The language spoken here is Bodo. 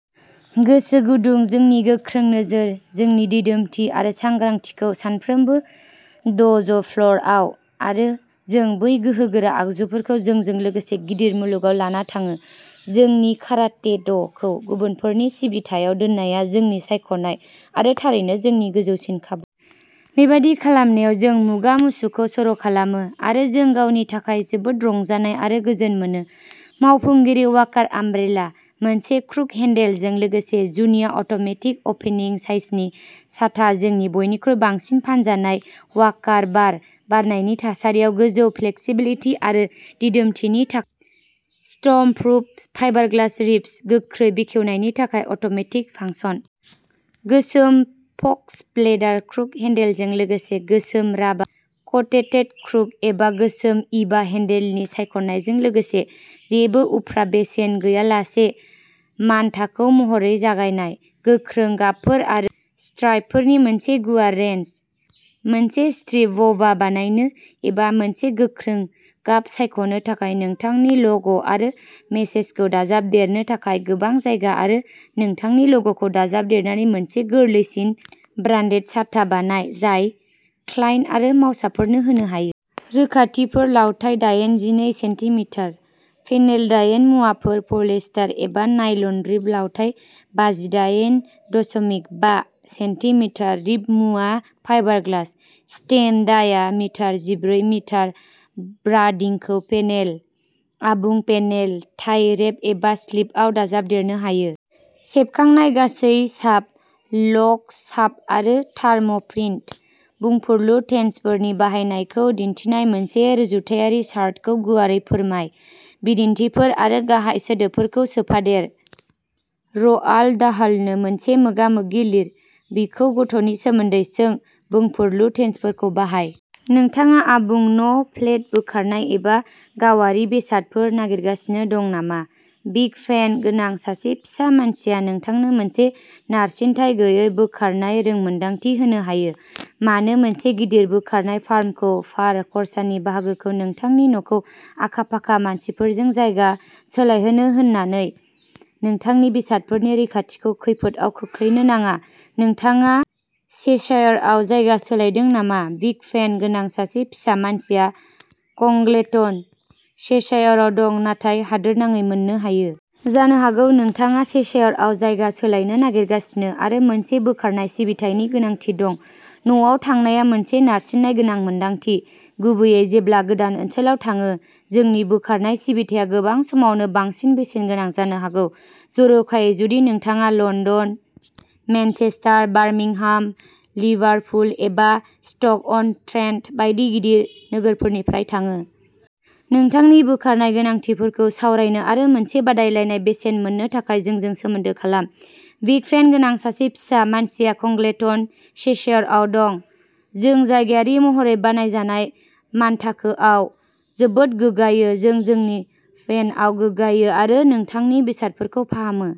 गोसो गुदुं, जोंनि गोख्रों नोजोर, जोंनि दिदोमथि आरो सांग्रांथिखौ सानफ्रोमबो द'ज'फ्ल'रआव। आरो जों बै गोहोगोरा आगजुफोरखौ जोंजों लोगोसे गिदिर मुलुगाव लाना थाङो। जोंनि काराटेड'खौ गुबुनफोरनि सिबिथायाव दोननाया जोंनि सायख'नाय, आरो थारैनो, जोंनि गोजौसिन खाबु। बेबादि खालामनायाव, जों मुगा मुचुखौ सर'खालामो, आरो जों गावनि थाखाय जोबोद रंजानाय आरो गोजोन मोनो। मावफुंगिरि वाकार आमब्रेला। मोनसे क्रुक हेन्डेलजों लोगोसे जुनिया अट'मेटिक अपेनिं साइजनि साथा-जोंनि बयनिख्रुइ बांसिन फानजानाय वाकार बार बारनाय थासारियाव गोजौ फ्लेक्सिबिलिटि आरो दिदोमथिनि थाखाय स्टर्मप्रुफ फाइबारग्लास रिब्स, गोख्रै बेखेवनायनि थाखाय अट'मेटिक फांसन। गोसोम फक्स लेदार क्रुक हेन्डेलजों लोगोसे गोसोम राबार क'टेटेड क्रुक एबा गोसोम इभा हेन्डेलनि सायख'नायजों लोगोसे जेबो उफ्रा बेसेन गैयालासे मानथाखो महरै जगायनाय। गोख्रों गाबफोर आरो स्ट्राइपफोरनि मोनसे गुवार रेन्ज। मोनसे स्ट्रिप व'वा बानायनो एबा मोनसे गोख्रों गाब सायख'नो थाखाय नोंथांनि ल'ग' आरो मेसेजखौ दाजाबदेरनो थाखाय गोबां जायगा आरो नोंथांनि ल'ग'खौ दाजाबदेरनानै मोनसे गोरलैसिन, ब्रान्डेड साथा बानाय, जाय क्लाइन्ट आरो मावसाफोरनो होनो हायो। रोखाथिफोर लावथाइ दायेनजिनै सेन्टि मिटार। पेनेल दायेन मुवाफोर पलियेस्टार एबा नायल'न रिब लावथाइ बाजिदायेन दशमिक बा सेन्टि मिटार रिब मुवा फाइबारग्लास। स्टेम डाया मिटार जिब्रै मिटार ब्रान्डिंखौ पेनेल, आबुं पेनेल, टाइ रेप एबा स्लिभआव दाजाबदेरनो हायो। सेबखांनाय गासै साब, ल'ग साब आरो थार्म'प्रिन्ट। बुंफुरलु टेन्सफोरनि बाहायनायखौ दिन्थिनाय मोनसे रुजुथायारि चार्टखौ गुवारै फोरमाय। बिदिन्थिफोर आरो गाहाय सोदोबफोरखौ सोफादेर। र'आल्ड डाहलनो मोनसे मोगा-मोगि लिर। बिखौ गथ'नि सोमोन्दै सों। बुंफुरलु टेन्सफोरखौ बाहाय। नोंथाङा आबुं न' फ्लेट बोखारनाय एबा गावारि बेसादफोर नागिरगासिनो दं नामा, बिग भेन गोनां सासे फिसा मानसिया नोंथांनो मोनसे नारसिनथाय गैयै बोखारनाय रोंमोनदांथि होनो हायो। मानो मोनसे गिदिर बोखारनाय फार्मखौ भार खरसानि बाहागो नोंथांनि न'खौ आखा-फाखा मानसिफोरजों जायगा सोलायहोनो होनानै नोंथांनि बेसादफोरनि रैखाथिखौ खैफोदआव खोख्लैनो नाङा नोंथाङा चेशायरआव जायगा सोलायदों नामा बिग भेन गोनां सासे फिसा मानसिया कंग्लेटन, चेशायरआव दं नाथाय हादोरनाङै मोननो हायो। जानो हागौ नोंथाङा चेशायरआव जायगा सोलायनो नागिरगासिनो आरो मोनसे बोखारनाय सिबिथायनि गोनांथि दं। न'आव थांनाया मोनसे नारसिननाय गोनां मोनदांथि, गुबैयै जेब्ला गोदान ओनसोलाव थांङो जोंनि बोखारनाय सिबिथाया गोबां समावनो बांसिन बेसेन गोनां जानो हागौ, जर'खायै जुदि नोंथाङा लन्दन, मेनचेस्टार, बर्मिंहाम, लिभारपुल एबा स्ट'क-अन-ट्रेन्ट बायदि गिदिर नोगोरफोरनिफ्राय थांङो। नोंथांनि बोखारनाय गोनांथिफोरखौ सावरायनो आरो मोनसे बादायलायनाय बेसेन मोननो थाखाय जोंजों सोमोन्दो खालाम। बिग भेन गोनां सासे फिसा मानसिया कंग्लेटन, चेशायरआव दं। जों जायगायारि महरै बानायजानाय मानथाखोआव जोबोद गोग्गायो जों जोंनि भेनआव गोग्गायो आरो नोंथांनि बेसादफोरखौ फाहामो।